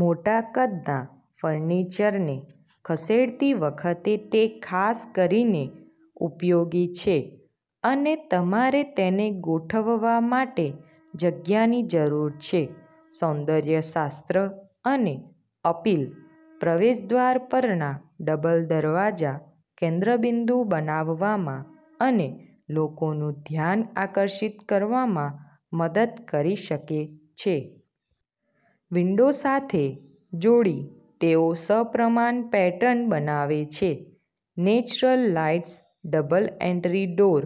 મોટા કદના ફર્નિચરને ખસેડતી વખતે તે ખાસ કરીને ઉપયોગી છે, અને તમારે તેને ગોઠવવા માટે જગ્યાની જરૂર છે. સૌંદર્ય શાસ્ત્ર અને અપીલ: પ્રવેશદ્વાર પરના ડબલ દરવાજા કેન્દ્રબિંદુ બનાવવામાં અને લોકોનું ધ્યાન આકર્ષિત કરવામાં મદદ કરી શકે છે. વિન્ડો સાથે જોડી, તેઓ સપ્રમાણ પેટર્ન બનાવે છે. Natural lights double entry door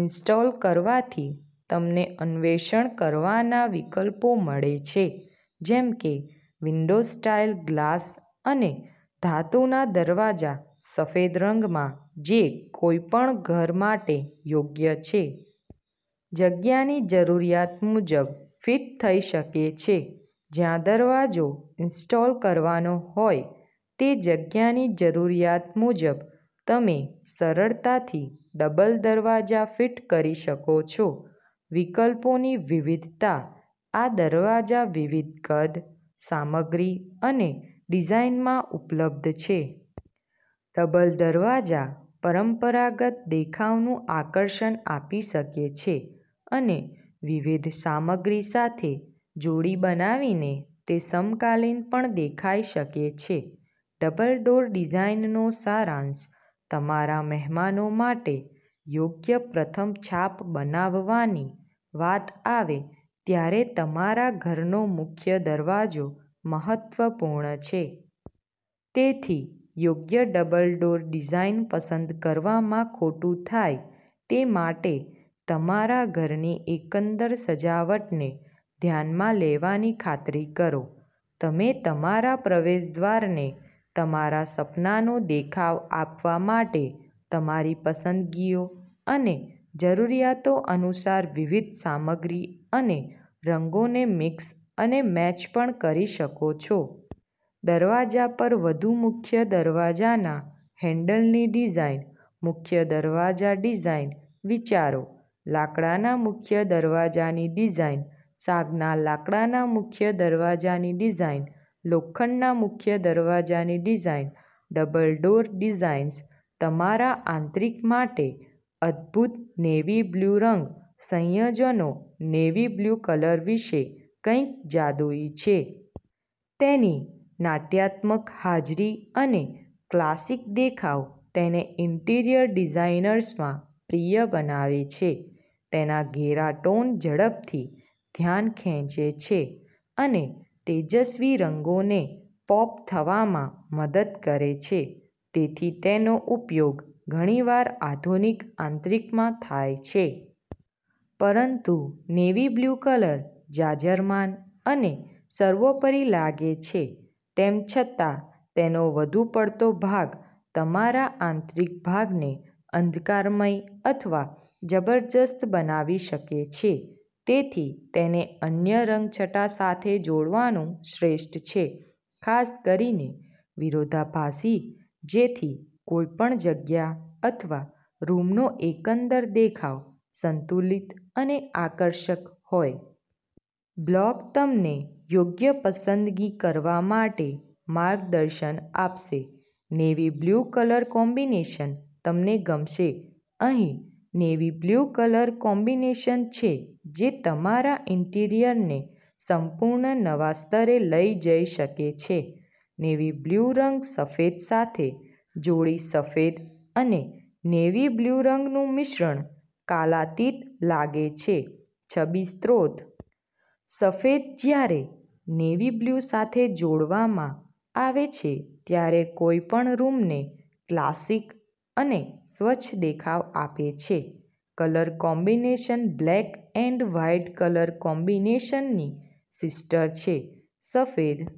install કરવાથી તમને અન્વેષણ કરવાના વિકલ્પો મળે છે, જેમ કે વિન્ડો-સ્ટાઇલ ગ્લાસ અને ધાતુના દરવાજા સફેદ રંગમાં જે કોઈપણ ઘર માટે યોગ્ય છે. જગ્યાની જરૂરિયાત મુજબ ફિટ થઈ શકે છે જ્યાં દરવાજો ઇન્સ્ટોલ કરવાનો હોય તે જગ્યાની જરૂરિયાત મુજબ તમે સરળતાથી ડબલ દરવાજા ફિટ કરી શકો છો. વિકલ્પોની વિવિધતાઆ દરવાજા વિવિધ કદ, સામગ્રી અને ડિઝાઇનમાં ઉપલબ્ધ છે. ડબલ દરવાજા પરંપરાગત દેખાવનું આકર્ષણ આપી શકે છે, અને વિવિધ સામગ્રી સાથે જોડી બનાવીને, તે સમકાલીન પણ દેખાઈ શકે છે. ડબલ ડોર ડિઝાઇનનો સારાંશ તમારા મહેમાનો માટે યોગ્ય પ્રથમ છાપ બનાવવાની વાત આવે ત્યારે તમારા ઘરનો મુખ્ય દરવાજો મહત્વપૂર્ણ છે. તેથી, યોગ્ય ડબલ ડોર ડિઝાઇન પસંદ કરવામાં ખોટુંથાય તે માટે તમારા ઘરની એકંદર સજાવટને ધ્યાનમાં લેવાની ખાતરી કરો. તમે તમારા પ્રવેશદ્વારને તમારા સપનાનો દેખાવ આપવા માટે તમારી પસંદગીઓ અને જરૂરિયાતો અનુસાર વિવિધ સામગ્રી અને રંગોને મિક્સ અને મેચ પણ કરી શકો છો. દરવાજા પર વધુ મુખ્ય દરવાજાના હેન્ડલની ડિઝાઇન મુખ્ય દરવાજા ડિઝાઇન વિચારો લાકડાના મુખ્ય દરવાજાની ડિઝાઇન સાગના લાકડાના મુખ્ય દરવાજાની ડિઝાઇન લોખંડના મુખ્ય દરવાજાની ડિઝાઇન ડબલ ડોર ડિઝાઇન્સ તમારા આંતરિક માટે અદભૂત નેવી બ્લુ રંગ સંયોજનો નેવી-બ્લુ કલર વિશે કંઈક જાદુઈ છે. તેની નાટ્યાત્મક હાજરી અને ક્લાસિક દેખાવ તેને ઇન્ટિરિયર ડિઝાઇનર્સમાં પ્રિય બનાવે છે. તેના ઘેરા ટોન ઝડપથી ધ્યાન ખેંચે છે અને તેજસ્વી રંગોને પોપ થવામાં મદદ કરે છે. તેથીતેનો ઉપયોગ ઘણીવાર આધુનિક આંતરિકમાં થાય છે. પરંતુ નેવી-બ્લુ કલર જાજરમાન અને સર્વોપરી લાગે છે, તેમ છતાં તેનો વધુ પડતો ભાગ તમારા આંતરિક ભાગને અંધકારમય અથવા જબરજસ્ત બનાવી શકે છે. તેથી, તેને અન્ય રંગછટા સાથે જોડવાનું શ્રેષ્ઠ છે, ખાસ કરીને વિરોધાભાસી, જેથી કોઈપણ જગ્યા અથવા રૂમનો એકંદર દેખાવ સંતુલિત અને આકર્ષક હોય. બ્લોગ તમને યોગ્ય પસંદગી કરવા માટે માર્ગદર્શન આપશે. નેવી-બ્લુ કલર કોમ્બિનેશન તમને ગમશે અહીં નેવી-બ્લુ કલર કોમ્બિનેશન છે જે તમારા ઈન્ટિરિયરને સંપૂર્ણ નવા સ્તરે લઈ જઈ શકે છે. નેવી-બ્લુ રંગ સફેદ સાથે જોડીસફેદ અને નેવી-બ્લુ રંગનું મિશ્રણ કાલાતીત લાગે છે છબી સ્ત્રોત. સફેદ, જ્યારે નેવી-બ્લુ સાથે જોડવામાં આવે છે, ત્યારે કોઈપણ રૂમને ક્લાસિક અને સ્વચ્છ દેખાવ આપે છે. Colour combination black and white colour કોમ્બિનેશનની સિસ્ટર છે. સફેદ